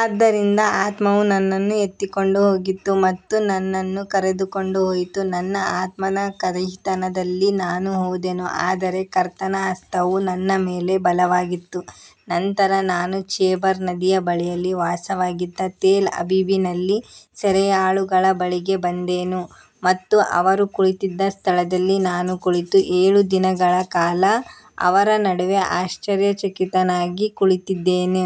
ಆದ್ದರಿಂದ ಆತ್ಮವು ನನ್ನನ್ನು ಎತ್ತಿಕೊಂಡು ಹೋಗಿತು ಮತ್ತು ನನ್ನನ್ನು ಕರೆದುಕೊಂಡು ಹೋಯಿತು. ನನ್ನ ಆತ್ಮದ ಕಹಿತನದಲ್ಲಿ ನಾನು ಹೋದೆನು, ಆದರೆ ಕರ್ತನ ಹಸ್ತವು ನನ್ನ ಮೇಲೆ ಬಲವಾಗಿತ್ತು. ನಂತರ ನಾನು ಚೆಬಾರ್ ನದಿಯ ಬಳಿಯಲ್ಲಿ ವಾಸವಾಗಿದ್ದ ತೆಲ್ ಅಬೀಬಿನಲ್ಲಿ ಸೆರೆಯಾಳುಗಳ ಬಳಿಗೆ ಬಂದೆನು ಮತ್ತು ಅವರು ಕುಳಿತಿದ್ದ ಸ್ಥಳದಲ್ಲಿ ನಾನು ಕುಳಿತು ಏಳು ದಿನಗಳ ಕಾಲ ಅವರ ನಡುವೆ ಆಶ್ಚರ್ಯಚಕಿತನಾಗಿ ಕುಳಿತಿದ್ದೆನು.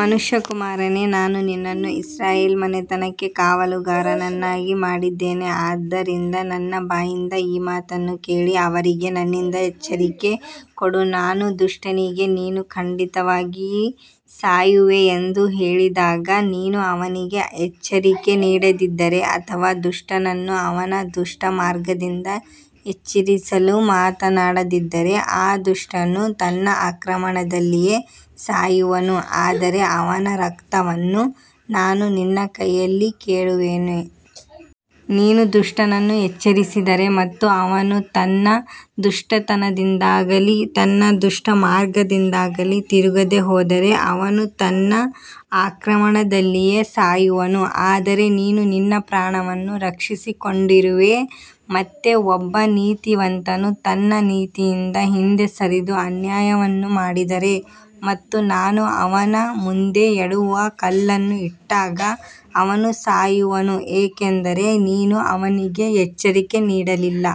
ಮನುಷ್ಯಕುಮಾರನೇ, ನಾನು ನಿನ್ನನ್ನು ಇಸ್ರಾಯೇಲ್ ಮನೆತನಕ್ಕೆ ಕಾವಲುಗಾರನನ್ನಾಗಿ ಮಾಡಿದ್ದೇನೆ. ಆದ್ದರಿಂದ ನನ್ನ ಬಾಯಿಂದ ಈ ಮಾತನ್ನು ಕೇಳಿ ಅವರಿಗೆ ನನ್ನಿಂದ ಎಚ್ಚರಿಕೆ ಕೊಡು. ನಾನು ದುಷ್ಟನಿಗೆ, ನೀನು ಖಂಡಿತವಾಗಿ ಸಾಯುವೆ ಎಂದು ಹೇಳಿದಾಗ ನೀನು ಅವನಿಗೆ ಎಚ್ಚರಿಕೆ ನೀಡದಿದ್ದರೆ ಅಥವಾ ದುಷ್ಟನನ್ನು ಅವನ ದುಷ್ಟ ಮಾರ್ಗದಿಂದ ಎಚ್ಚರಿಸಲು ಮಾತನಾಡದಿದ್ದರೆ, ಆ ದುಷ್ಟನು ತನ್ನ ಅಕ್ರಮದಲ್ಲಿಯೇ ಸಾಯುವನು, ಆದರೆ ಅವನ ರಕ್ತವನ್ನು ನಾನು ನಿನ್ನ ಕೈಯಲ್ಲಿ ಕೇಳುವೆನು. ನೀನು ದುಷ್ಟನನ್ನು ಎಚ್ಚರಿಸಿದರೆ ಮತ್ತು ಅವನು ತನ್ನ ದುಷ್ಟತನದಿಂದಾಗಲಿ ತನ್ನ ದುಷ್ಟ ಮಾರ್ಗದಿಂದಾಗಲಿ ತಿರುಗದೆ ಹೋದರೆ, ಅವನು ತನ್ನ ಅಕ್ರಮದಲ್ಲಿಯೇ ಸಾಯುವನು, ಆದರೆ ನೀನು ನಿನ್ನ ಪ್ರಾಣವನ್ನು ರಕ್ಷಿಸಿಕೊಂಡಿರುವೆ. ಮತ್ತೆ ಒಬ್ಬ ನೀತಿವಂತನು ತನ್ನ ನೀತಿಯಿಂದ ಹಿಂದೆ ಸರಿದು ಅನ್ಯಾಯವನ್ನು ಮಾಡಿದರೆ ಮತ್ತು ನಾನು ಅವನ ಮುಂದೆ ಎಡವುವ ಕಲ್ಲನ್ನು ಇಟ್ಟಾಗ ಅವನು ಸಾಯುವನು, ಏಕೆಂದರೆ ನೀನು ಅವನಿಗೆ ಎಚ್ಚರಿಕೆ ನೀಡಲಿಲ್ಲ.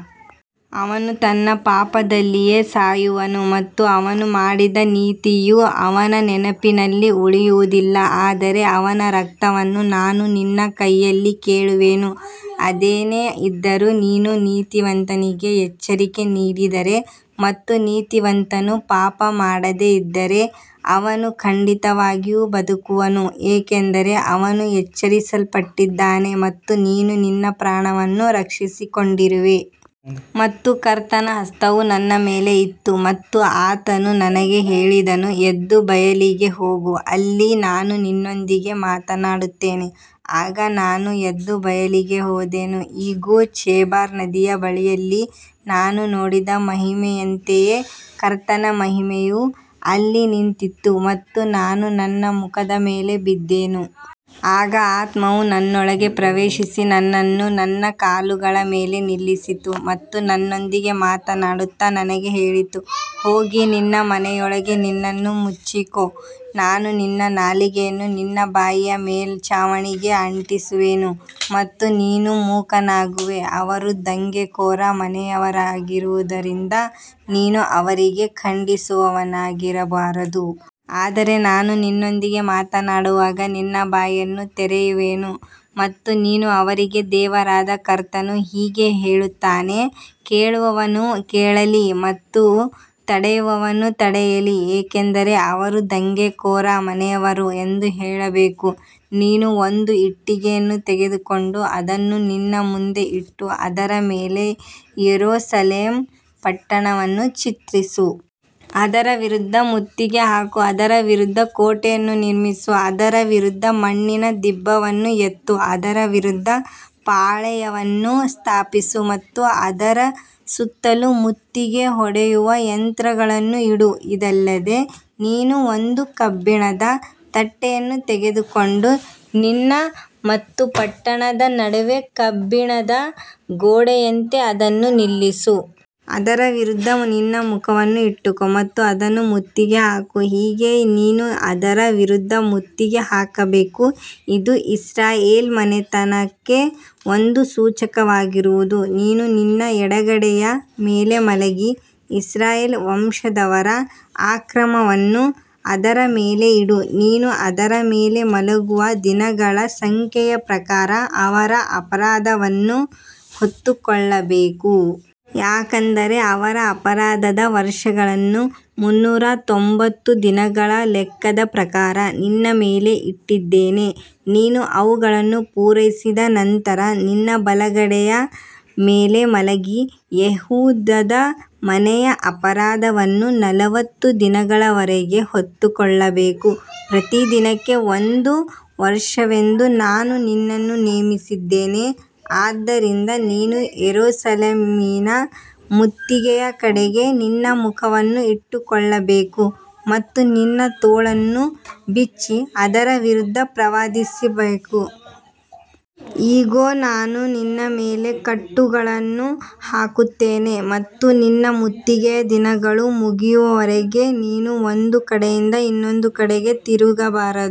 ಅವನು ತನ್ನ ಪಾಪದಲ್ಲಿಯೇ ಸಾಯುವನು ಮತ್ತು ಅವನು ಮಾಡಿದ ನೀತಿಯು ಅವನ ನೆನಪಿನಲ್ಲಿ ಉಳಿಯುವುದಿಲ್ಲ, ಆದರೆ ಅವನ ರಕ್ತವನ್ನು ನಾನು ನಿನ್ನ ಕೈಯಲ್ಲಿ ಕೇಳುವೆನು. ಅದೇನೇ ಇದ್ದರೂ, ನೀನು ನೀತಿವಂತನಿಗೆ ಎಚ್ಚರಿಕೆ ನೀಡಿದರೆ ಮತ್ತು ನೀತಿವಂತನು ಪಾಪ ಮಾಡದೆ ಇದ್ದರೆ, ಅವನು ಖಂಡಿತವಾಗಿಯೂ ಬದುಕುವನು, ಏಕೆಂದರೆ ಅವನು ಎಚ್ಚರಿಸಲ್ಪಟ್ಟಿದ್ದಾನೆ ಮತ್ತು ನೀನು ನಿನ್ನ ಪ್ರಾಣವನ್ನು ರಕ್ಷಿಸಿಕೊಂಡಿರುವೆ. ಮತ್ತು ಕರ್ತನ ಹಸ್ತವು ನನ್ನ ಮೇಲೆ ಇತ್ತು ಮತ್ತು ಆತನು ನನಗೆ ಹೇಳಿದನು, ಎದ್ದು ಬಯಲಿಗೆ ಹೋಗು, ಅಲ್ಲಿ ನಾನು ನಿನ್ನೊಂದಿಗೆ ಮಾತನಾಡುತ್ತೇನೆ. ಆಗ ನಾನು ಎದ್ದು ಬಯಲಿಗೆ ಹೋದೆನು. ಇಗೋ, ಚೆಬಾರ್ ನದಿಯ ಬಳಿಯಲ್ಲಿ ನಾನು ನೋಡಿದ ಮಹಿಮೆಯಂತೆಯೇ ಕರ್ತನ ಮಹಿಮೆಯು ಅಲ್ಲಿ ನಿಂತಿತ್ತು ಮತ್ತು ನಾನು ನನ್ನ ಮುಖದ ಮೇಲೆ ಬಿದ್ದೆನು. ಆಗ ಆತ್ಮವು ನನ್ನೊಳಗೆ ಪ್ರವೇಶಿಸಿ ನನ್ನನ್ನು ನನ್ನ ಕಾಲುಗಳ ಮೇಲೆ ನಿಲ್ಲಿಸಿತು ಮತ್ತು ನನ್ನೊಂದಿಗೆ ಮಾತನಾಡುತ್ತಾ ನನಗೆ ಹೇಳಿತು, ಹೋಗಿ ನಿನ್ನ ಮನೆಯೊಳಗೆ ನಿನ್ನನ್ನು ಮುಚ್ಚಿಕೋ. ನಾನು ನಿನ್ನ ನಾಲಿಗೆಯನ್ನು ನಿನ್ನ ಬಾಯಿಯ ಮೇಲ್ಛಾವಣಿಗೆ ಅಂಟಿಸುವೆನು ಮತ್ತು ನೀನು ಮೂಕನಾಗುವೆ, ಅವರು ದಂಗೆಕೋರ ಮನೆಯವರಾಗಿರುವುದರಿಂದ ನೀನು ಅವರಿಗೆ ಖಂಡಿಸುವವನಾಗಿರಬಾರದು. ಆದರೆ ನಾನು ನಿನ್ನೊಂದಿಗೆ ಮಾತನಾಡುವಾಗ ನಿನ್ನ ಬಾಯನ್ನು ತೆರೆಯುವೆನು ಮತ್ತು ನೀನು ಅವರಿಗೆ, ದೇವರಾದ ಕರ್ತನು ಹೀಗೆ ಹೇಳುತ್ತಾನೆ, ಕೇಳುವವನು ಕೇಳಲಿ ಮತ್ತು ತಡೆಯುವವನು ತಡೆಯಲಿ, ಏಕೆಂದರೆ ಅವರು ದಂಗೆಕೋರ ಮನೆಯವರು ಎಂದು ಹೇಳಬೇಕು. ನೀನು ಒಂದು ಇಟ್ಟಿಗೆಯನ್ನು ತೆಗೆದುಕೊಂಡು ಅದನ್ನು ನಿನ್ನ ಮುಂದೆ ಇಟ್ಟು ಅದರ ಮೇಲೆ ಯೆರೂಸಲೇಮ್ ಪಟ್ಟಣವನ್ನು ಚಿತ್ರಿಸು. ಅದರ ವಿರುದ್ಧ ಮುತ್ತಿಗೆ ಹಾಕು, ಅದರ ವಿರುದ್ಧ ಕೋಟೆಯನ್ನು ನಿರ್ಮಿಸು, ಅದರ ವಿರುದ್ಧ ಮಣ್ಣಿನ ದಿಬ್ಬವನ್ನು ಎತ್ತು, ಅದರ ವಿರುದ್ಧ ಪಾಳೆಯವನ್ನು ಸ್ಥಾಪಿಸು ಮತ್ತು ಅದರ ಸುತ್ತಲೂ ಮುತ್ತಿಗೆ ಹೊಡೆಯುವ ಯಂತ್ರಗಳನ್ನು ಇಡು. ಇದಲ್ಲದೆ ನೀನು ಒಂದು ಕಬ್ಬಿಣದ ತಟ್ಟೆಯನ್ನು ತೆಗೆದುಕೊಂಡು ನಿನ್ನ ಮತ್ತು ಪಟ್ಟಣದ ನಡುವೆ ಕಬ್ಬಿಣದ ಗೋಡೆಯಂತೆ ಅದನ್ನು ನಿಲ್ಲಿಸು. ಅದರ ವಿರುದ್ಧ ನಿನ್ನ ಮುಖವನ್ನು ಇಟ್ಟುಕೋ ಮತ್ತು ಅದನ್ನು ಮುತ್ತಿಗೆ ಹಾಕು, ಹೀಗೆ ನೀನು ಅದರ ವಿರುದ್ಧ ಮುತ್ತಿಗೆ ಹಾಕಬೇಕು. ಇದು ಇಸ್ರಾಯೇಲ್ ಮನೆತನಕ್ಕೆ ಒಂದು ಸೂಚಕವಾಗಿರುವುದು. ನೀನು ನಿನ್ನ ಎಡಗಡೆಯ ಮೇಲೆ ಮಲಗಿ ಇಸ್ರಾಯೇಲ್ ವಂಶದವರ ಅಕ್ರಮವನ್ನು ಅದರ ಮೇಲೆ ಇಡು. ನೀನು ಅದರ ಮೇಲೆ ಮಲಗುವ ದಿನಗಳ ಸಂಖ್ಯೆಯ ಪ್ರಕಾರ ಅವರ ಅಪರಾಧವನ್ನು ಹೊತ್ತುಕೊಳ್ಳಬೇಕು. ಯಾಕಂದರೆ ಅವರ ಅಪರಾಧದ ವರ್ಷಗಳನ್ನು ಮುನ್ನೂರ ತೊಂಬತ್ತು ದಿನಗಳ ಲೆಕ್ಕದ ಪ್ರಕಾರ ನಿನ್ನ ಮೇಲೆ ಇಟ್ಟಿದ್ದೇನೆ. ನೀನು ಅವುಗಳನ್ನು ಪೂರೈಸಿದ ನಂತರ ನಿನ್ನ ಬಲಗಡೆಯ ಮೇಲೆ ಮಲಗಿ ಯೆಹೂದದ ಮನೆಯ ಅಪರಾಧವನ್ನು ನಲವತ್ತು ದಿನಗಳವರೆಗೆ ಹೊತ್ತುಕೊಳ್ಳಬೇಕು. ಪ್ರತಿದಿನಕ್ಕೆ ಒಂದು ವರ್ಷವೆಂದು ನಾನು ನಿನ್ನನ್ನು ನೇಮಿಸಿದ್ದೇನೆ. ಆದ್ದರಿಂದ ನೀನು ಯೆರೂಸಲೇಮಿನ ಮುತ್ತಿಗೆಯ ಕಡೆಗೆ ನಿನ್ನ ಮುಖವನ್ನು ಇಟ್ಟುಕೊಳ್ಳಬೇಕು ಮತ್ತು ನಿನ್ನ ತೋಳನ್ನು ಬಿಚ್ಚಿ ಅದರ ವಿರುದ್ಧ ಪ್ರವಾದಿಸಬೇಕು. ಇಗೋ, ನಾನು ನಿನ್ನ ಮೇಲೆ ಕಟ್ಟುಗಳನ್ನು ಹಾಕುತ್ತೇನೆ ಮತ್ತು ನಿನ್ನ ಮುತ್ತಿಗೆಯ ದಿನಗಳು ಮುಗಿಯುವವರೆಗೆ ನೀನು ಒಂದು ಕಡೆಯಿಂದ ಇನ್ನೊಂದು ಕಡೆಗೆ ತಿರುಗಬಾರದು.